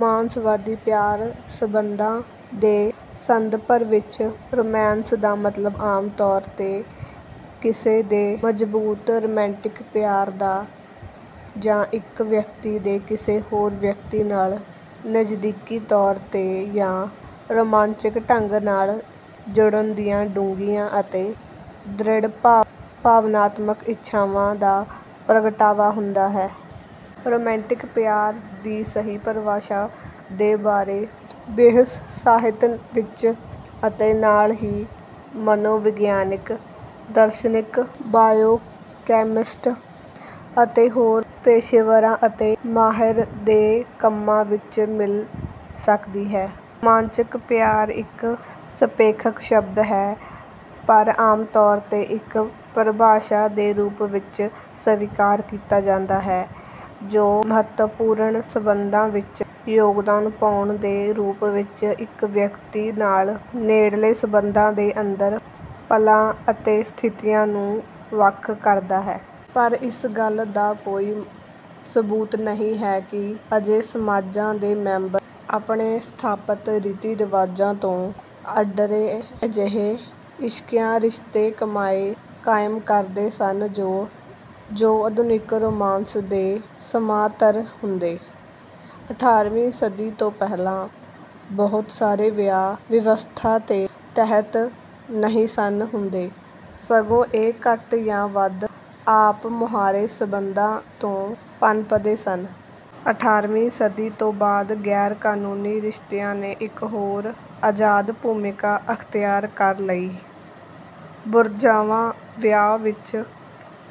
ਰੋਮਾਂਸਵਾਦੀ ਪਿਆਰ ਸੰਬੰਧਾਂ ਦੇ ਸੰਦਰਭ ਵਿੱਚ, ਰੋਮਾਂਸ ਦਾ ਮਤਲਬ ਆਮ ਤੌਰ ਤੇ ਕਿਸੇ ਦੇ ਮਜ਼ਬੂਤ ਰੁਮਾਂਟਿਕ ਪਿਆਰ ਦਾ, ਜਾਂ ਇੱਕ ਵਿਅਕਤੀ ਦੇ ਕਿਸੇ ਹੋਰ ਵਿਅਕਤੀ ਨਾਲ ਨਜ਼ਦੀਕੀ ਤੌਰ ਤੇ ਯਾ ਰੋਮਾਂਚਕ ਢੰਗ ਨਾਲ ਜੁੜਨ ਦੀਆਂ ਡੂੰਘੀਆਂ ਅਤੇ ਦ੍ਰਿੜ ਭਾਵਨਾਤਮਕ ਇੱਛਾਵਾਂ ਦਾ ਪ੍ਰਗਟਾਵਾ ਹੁੰਦਾ ਹੈ। ਰੋਮਾਂਟਿਕ ਪਿਆਰ ਦੀ ਸਹੀ ਪਰਿਭਾਸ਼ਾ ਦੇ ਬਾਰੇ ਬਹਿਸ ਸਾਹਿਤ ਵਿੱਚ ਅਤੇ ਨਾਲ ਹੀ ਮਨੋਵਿਗਿਆਨੀ, ਦਾਰਸ਼ਨਿਕ, ਬਾਇਓਕੈਮਿਸਟਾਂ ਅਤੇ ਹੋਰ ਪੇਸ਼ੇਵਰਾਂ ਅਤੇ ਮਾਹਿਰਾਂ ਦੇ ਕੰਮਾਂ ਵਿੱਚ ਮਿਲ ਸਕਦੀ ਹੈ। ਰੁਮਾਂਚਕ ਪਿਆਰ ਇੱਕ ਸਾਪੇਖਕ ਸ਼ਬਦ ਹੈ, ਪਰ ਆਮ ਤੌਰ ਤੇ ਇੱਕ ਪਰਿਭਾਸ਼ਾ ਦੇ ਰੂਪ ਵਿੱਚ ਸਵੀਕਾਰ ਕੀਤਾ ਜਾਂਦਾ ਹੈ ਜੋ ਮਹੱਤਵਪੂਰਣ ਸੰਬੰਧਾਂ ਵਿੱਚ ਯੋਗਦਾਨ ਪਾਉਣ ਦੇ ਰੂਪ ਵਿੱਚ ਇੱਕ ਵਿਅਕਤੀ ਨਾਲ ਨੇੜਲੇ ਸੰਬੰਧਾਂ ਦੇ ਅੰਦਰ ਪਲਾਂ ਅਤੇ ਸਥਿਤੀਆਂ ਨੂੰ ਵੱਖ ਕਰਦਾ ਹੈ। ਪਰ ਇਸ ਗੱਲ ਦਾ ਕੋਈ ਸਬੂਤ ਨਹੀਂ ਹੈ ਕਿ ਅਜਿਹੇ ਸਮਾਜਾਂ ਦੇ ਮੈਂਬਰ ਆਪਣੇ ਸਥਾਪਿਤ ਰੀਤੀ-ਰਿਵਾਜਾਂ ਤੋਂ ਅੱਡਰੇ ਅਜਿਹੇ ਇਸ਼ਕੀਆ ਰਿਸ਼ਤੇ ਕਾਇਮ ਕਰਦੇ ਸਨ ਜੋ ਆਧੁਨਿਕ ਰੋਮਾਂਸ ਦੇ ਸਮਾਂਤਰ ਹੁੰਦੇ। ਅਠਾਰ੍ਹਵੀਂ ਸਦੀ ਤੋਂ ਪਹਿਲਾਂ, ਬਹੁਤ ਸਾਰੇ ਵਿਆਹ ਵਿਵਸਥਾ ਦੇ ਤਹਿਤ ਨਹੀਂ ਸਨ ਹੁੰਦੇ, ਸਗੋਂ ਇਹ ਘੱਟ ਯਾ ਵੱਧ ਆਪ-ਮੁਹਾਰੇ ਸਬੰਧਾਂ ਤੋਂ ਪਨਪਦੇ ਸਨ। ਅਠਾਰ੍ਹਵੀਂ ਸਦੀ ਤੋਂ ਬਾਅਦ, ਗੈਰ-ਕਾਨੂੰਨੀ ਰਿਸ਼ਤਿਆਂ ਨੇ ਇੱਕ ਹੋਰ ਆਜ਼ਾਦ ਭੂਮਿਕਾ ਅਖਤਿਆਰ ਕਰ ਲਈ। ਬੁਰਜ਼ਵਾ ਵਿਆਹ ਵਿੱਚ,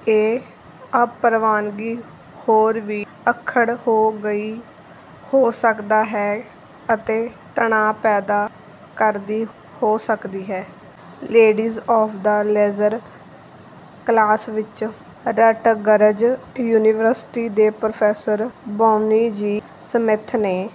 ਇਹ ਅਪਰਵਾਨਗੀ ਹੋਰ ਵੀ ਅੱਖੜ ਹੋ ਗਈ ਹੋ ਸਕਦਾ ਹੈ ਅਤੇ ਤਣਾਅ ਪੈਦਾ ਕਰਦੀ ਹੋ ਸਕਦੀ ਹੈ। Ladies of the leisure class ਵਿੱਚ, ਰਟਗਰਜ਼ ਯੂਨੀਵਰਸਿਟੀ ਦੇ ਪ੍ਰੋਫੈਸਰ ਬੌਨੀ ਜੀ ਸਮਿੱਥ ਨੇ